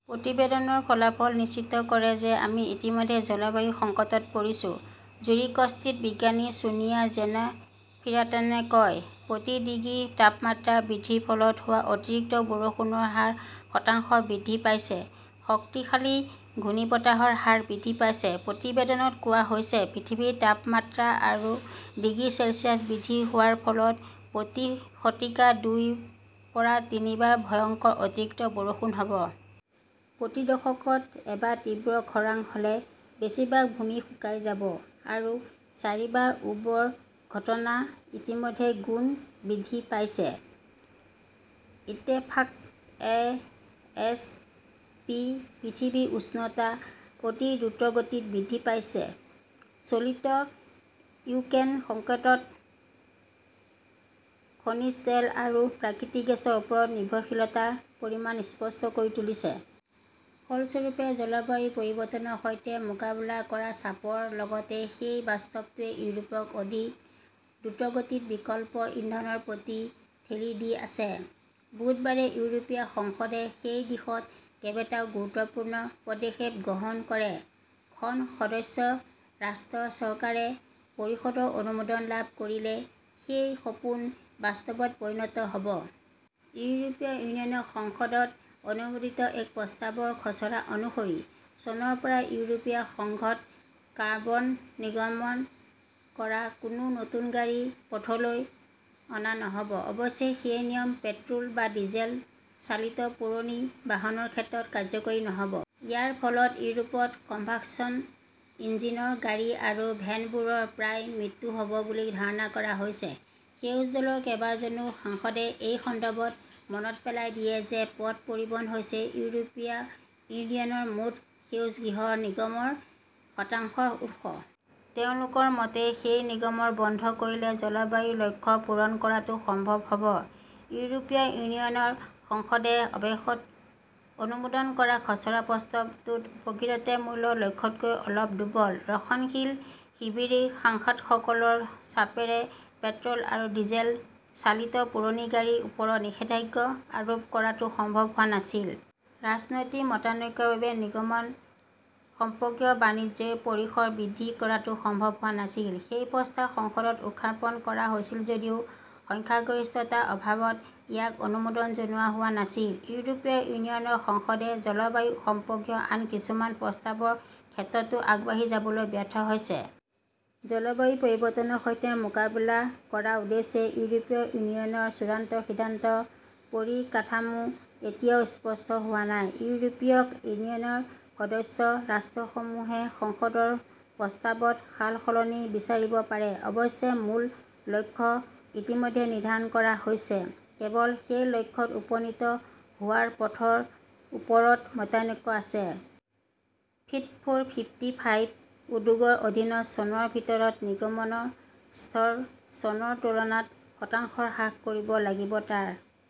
"প্ৰতিবেদনৰ ফলাফলে নিশ্চিত কৰে যে আমি ইতিমধ্যে জলবায়ু সংকটত পৰিছো", জুৰিকস্থিত বিজ্ঞানী ছোনিয়া জেনেফিৰাটনে কয়। প্ৰতি ডিগ্ৰী তাপমাত্ৰা বৃদ্ধিৰ ফলত হোৱা অতিৰিক্ত বৰষুণৰ হাৰ শতাংশ বৃদ্ধি পাইছে। শক্তিশালী ঘূৰ্ণীবতাহৰ হাৰ বৃদ্ধি পাইছে। প্ৰতিবেদনত কোৱা হৈছে, পৃথিৱীৰ তাপমাত্ৰা আৰু ডিগ্ৰী চেলছিয়াছ বৃদ্ধি হোৱাৰ ফলত প্ৰতি শতিকাত দুইৰ পৰা তিনিবাৰ ভয়ংকৰ অতিৰিক্ত বৰষুণ হ "ব। প্ৰতি দশকত এবাৰ তীব্ৰ খৰাং হ" লে বেছিভাগ ভূমি শুকাই যাব আৰু চাৰিবাৰ উৰ্বৰ ঘটনা ইতিমধ্যে গুণ বৃদ্ধি পাইছে। ইত্তেফাক/এ. এইচ. পি. পৃথিৱীৰ উষ্ণতা অতি দ্ৰুতগতিত বৃদ্ধি পাইছে চলিত ইউক্ৰেইন সংকটই খনিজ তেল আৰু প্ৰাকৃতিক গেছৰ ওপৰত নিৰ্ভৰশীলতাৰ পৰিণাম স্পষ্ট কৰি তুলিছে। ফলস্বৰূপে জলবায়ু পৰিৱৰ্তনৰ সৈতে মোকাবিলা কৰাৰ চাপৰ লগতে সেই বাস্তৱটোৱে ইউৰোপক অধিক দ্ৰুতগতিত বিকল্প ইন্ধনৰ প্ৰতি ঠেলি দি আছে। বুধবাৰে ইউৰোপীয় সংসদে সেই দিশত কেইবাটাও গুৰুত্বপূৰ্ণ পদক্ষেপ গ্ৰহণ কৰে। খন সদস্য ৰাষ্ট্ৰৰ চৰকাৰে পৰিষদৰ অনুমোদন লাভ কৰিলে সেই সপোন বাস্তৱত পৰিণত হ "ব। ইউৰোপীয় ইউনিয়নৰ সংসদত অনুমোদিত এক প্ৰস্তাৱৰ খচৰা অনুসৰি, চনৰ পৰা ইউৰোপীয় সংঘত কাৰ্বন নিৰ্গমন কৰা কোনো নতুন গাড়ী পথলৈ অনা নহ 'ব। অৱশ্যে, সেই নিয়ম পেট্ৰ' ল বা ডিজেল চালিত পুৰণি বাহনৰ ক্ষেত্ৰত কাৰ্যকৰী নহ 'ব। ইয়াৰ ফলত ইউৰোপত কম্বাসচন ইঞ্জিনৰ গাড়ী আৰু ভেনবোৰৰ প্ৰায় মৃত্যু হ 'ব বুলি ধাৰণা কৰা হৈছে। সেউজ দলৰ কেইবাজনো সাংসদই এই সন্দৰ্ভত মনত পেলাই দিয়ে যে পথ পৰিবহণ হৈছে ইউৰোপীয় ইউনিয়নৰ মুঠ সেউজগৃহ নিৰ্গমনৰ শতাংশৰ উৎস। তেওঁলোকৰ মতে, সেই নিৰ্গমন বন্ধ কৰিলে জলবায়ুৰ লক্ষ্য পূৰণ কৰাটো সম্ভৱ হ "ব। ইউৰোপীয় ইউনিয়নৰ সংসদে অৱশেষত অনুমোদন কৰা খচৰা প্ৰস্তাৱটো প্ৰকৃততে মূল লক্ষ্যতকৈ অলপ দুৰ্বল। ৰক্ষণশীল শিবিৰৰ সাংসদসকলৰ চাপেৰে পেট্ৰ "ল আৰু ডিজেল চালিত পুৰণি গাড়ীৰ ওপৰত নিষেধাজ্ঞা আৰোপ কৰাটো সম্ভৱ হোৱা নাছিল। ৰাজনৈতিক মতানৈক্যৰ বাবে নিৰ্গমন সম্পৰ্কীয় বাণিজ্যৰ পৰিসৰ বৃদ্ধি কৰাটোও সম্ভৱ হোৱা নাছিল। সেই প্ৰস্তাৱ সংসদত উত্থাপন কৰা হৈছিল যদিও সংখ্যাগৰিষ্ঠতাৰ অভাৱত ইয়াক অনুমোদন জনোৱা হোৱা নাছিল। ইউৰোপীয় ইউনিয়নৰ সংসদে জলবায়ু সম্পৰ্কীয় আন কিছুমান প্ৰস্তাৱৰ ক্ষেত্ৰতো আগবাঢ়ি যাবলৈ ব্যৰ্থ হৈছে। জলবায়ু পৰিৱৰ্তনৰ সৈতে মোকাবিলা কৰাৰ উদ্দেশ্যে ইউৰোপীয় ইউনিয়নৰ চূড়ান্ত সিদ্ধান্তৰ পৰিকাঠামো এতিয়াও স্পষ্ট হোৱা নাই। ইউৰোপীয় ইউনিয়নৰ সদস্য ৰাষ্ট্ৰসমূহে সংসদৰ প্ৰস্তাৱত সালসলনি বিচাৰিব পাৰে। অৱশ্যে, মূল লক্ষ্য ইতিমধ্যে নিৰ্ধাৰণ কৰা হৈছে। কেৱল সেই লক্ষ্যত উপনীত হোৱাৰ পথৰ ওপৰত মতানৈক্য আছে। 'ফিট ফৰ ফিফ্টি ফাইভ "উদ্যোগৰ অধীনত চনৰ ভিতৰত নিৰ্গমনৰ স্তৰ চনৰ তুলনাত শতাংশ হ্ৰাস কৰিব লাগিব। তাৰ